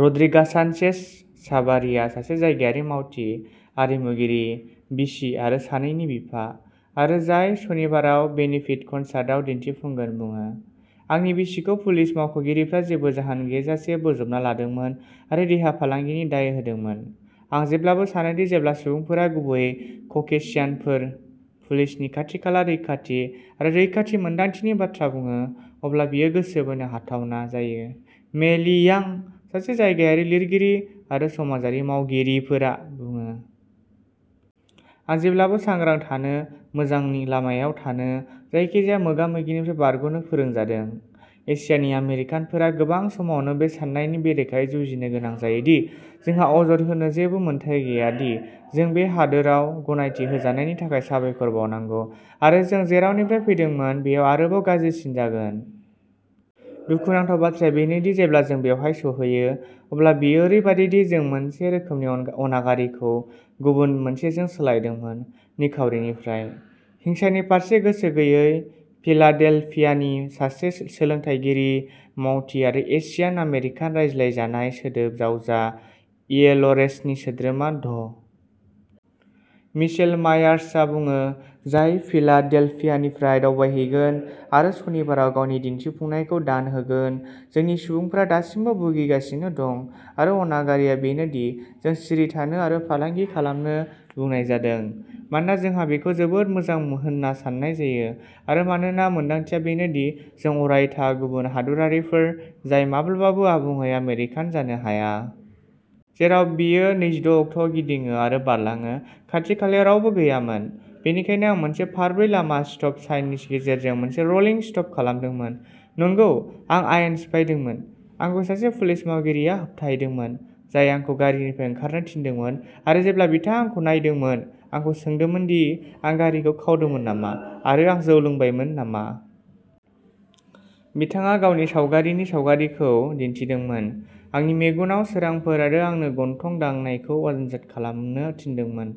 रड्रिग'सानचेज-चाभार्रिया, सासे जायगायारि मावथि, आरिमुगिरि, बिसि आरो सानैनि बिफा, आरो जाय सनिबाराव बेनिफिट कनसार्टआव दिन्थिफुंगोन, बुङो। "आंनि बिसिखौ पुलिस मावख'गिरिफ्रा जेबो जाहोन गैयाजासे बोजबना लादोंमोन आरो देहा फालांगिनि दाय होदोंमोन।" "आं जेब्लाबो सानो दि जेब्ला सुबुंफोरा-गुबैयै ककेसियानफोर-पुलिसनि खाथि-खाला रैखाथि आरो रैखाथि मोन्दांथिनि बाथ्रा बुङो, अब्ला बेयो गोसो बोनो हाथावना जायो", मे ली-यां, सासे जायगायारि लिरगिरि आरो समाजारि मावगिरिफोरा बुङो। "आं जेब्लाबो सांग्रां थानो, मोजां लामायाव थानो, जायखिजाया मोगा-मोगिनिफ्राय बारग'नो फोरोंजादों।" एशियानि आमेरिकानफोरा गोबां समावनो बे साननायनि बेरेखायै जुजिनो गोनां जायो दि जोंहा अजद होनो जेबो मोन्थाइ गैया, दि जों बे हादोराव गनायथि होजानायनि थाखाय साबायखर बावनांगौ आरो जों जेरावनिफ्राय फैदोंमोन बेयाव आरोबाव गाज्रिसिन जागोन। "दुखुनांथाव बाथ्राया बेनो दि जेब्ला जों बेवहाय सौहैयो, अब्ला बेयो ओरैबादि दि जों मोनसे रोखोमनि अनागारिखौ गुबुन मोनसेजों सोलायदोंमोन, निखावरिनिफ्राय। हिंसानि फारसे गोसो गैयै ", फिलाडेल्फियानि सासे सोलोंथायगिरि, मावथि, आरो एशियान आमेरिकान रायज्लायजानाय सोदोब जावजा येल'रेजनि सोद्रोमा ड. मिशेल मायार्सआ बुङो, जाय फिलाडेल्फियानिफ्राय दावबायहैगोन आरो सनिबाराव गावनि दिन्थिफुंनायखौ दान होगोन।" जोंनि सुबुंफोरा दासिमबो भुगिगासिनो दं, आरो अनागारिआ बेनो दि जों'सिरि थानो आरो फालांगि खालामनो'बुंनाय जादों मानोना जोंहा बेखौ जोबोद मोजां होन्ना सान्नाय जायो आरो मानोना मोन्दांथिया बेनो दि जों अरायथा गुबुन हादोरारिफोर जाय माब्लाबाबो आबुङै आमेरिकान जानो हाया। "जेराव बेयो नैजिद' अक्ट'आव गिदिङो आरो बारलाङो। खाथि-खालायाव रावबो गैयामोन, बेनिखायनो आं मोनसे फारब्रै-लामा स्टप साइननि गेजेरजों मोनसे र'लिं स्टप खालामदोंमोन। नंगौ, आं आयेन सिफायदोंमोन। आंखौ सासे पुलिस मावख'गिरिया होबथायदोंमोन, जाय आंखौ गारिनिफ्राय ओंखारनो थिनदोंमोन आरो, जेब्ला बिथाङा आंखौ नायदोंमोन, आंखौ सोंदोंमोन दि आं गारिखौ खावदोंमोन नामा, आरो आं जौ लोंबायमोन नामा। बिथाङा गावनि सावगारिनि सावगारिखौ दिन्थिदोंमोन। आंनि मेगनाव सोरांफोर आरो आंनो गन्थं-दांनायखौ आनजाद खालामनो थिनदोंमोन,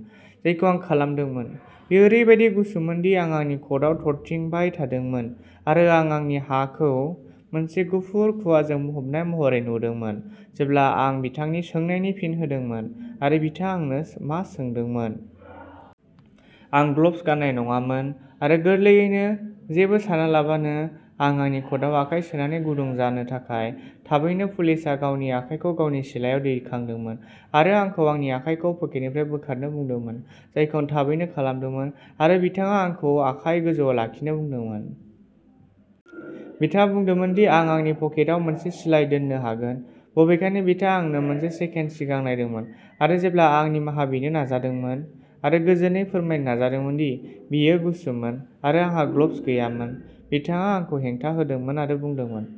जायखौ आं खालामदोंमोन। बेयो ओरैबायदि गुसुमोनदि आं आंनि कटआव थरथिंबाय थादोंमोन आरो आं आंनि हांखौ मोनसे गुफुर खुवाजों बुंफबनाय महरै नुदोंमोन जेब्ला आं बिथांनि सोंनायनि फिन होदोंमोन आरो बिथाङा आंनो मा सोंदोंमोन। आं ग्लब्स गान्नाय नङामोन, आरो गोरलैयैनो, जेबो सानालाबानो, आं आंनि कटआव आखाइ सोनानै गुदुं जानो थाखाय। थाबैनो पुलिसआ गावनि आखाइखौ गावनि सिलायाव दैखांदोंमोन आरो आंखौ आंनि आखाइखौ पकेटनिफ्राय बोखारनो बुंदोंमोन, जायखौ आं थाबैनो खालामदोंमोन, आरो बिथाङा आंखौ आखाइ गोजौआव लाखिनो बुंदोंमोन। बिथाङा बुंदोंमोन दि आं आंनि पकेटआव मोनसे सिलाइ दोननो हागोन, बबेखानि बिथाङा आंनो मोनसे सेकेन्ड सिगां नायदोंमोन, आरो जेब्ला आं निमाहा बिनो नाजादोंमोन आरो गोजोनै फोरमायनो नाजादोंमोन दि बेयो गुसुमोन आरो आंहा ग्लब्स गैयामोन, बिथाङा आंखौ हेंथा होदोंमोन आरो बुंदोंमोन।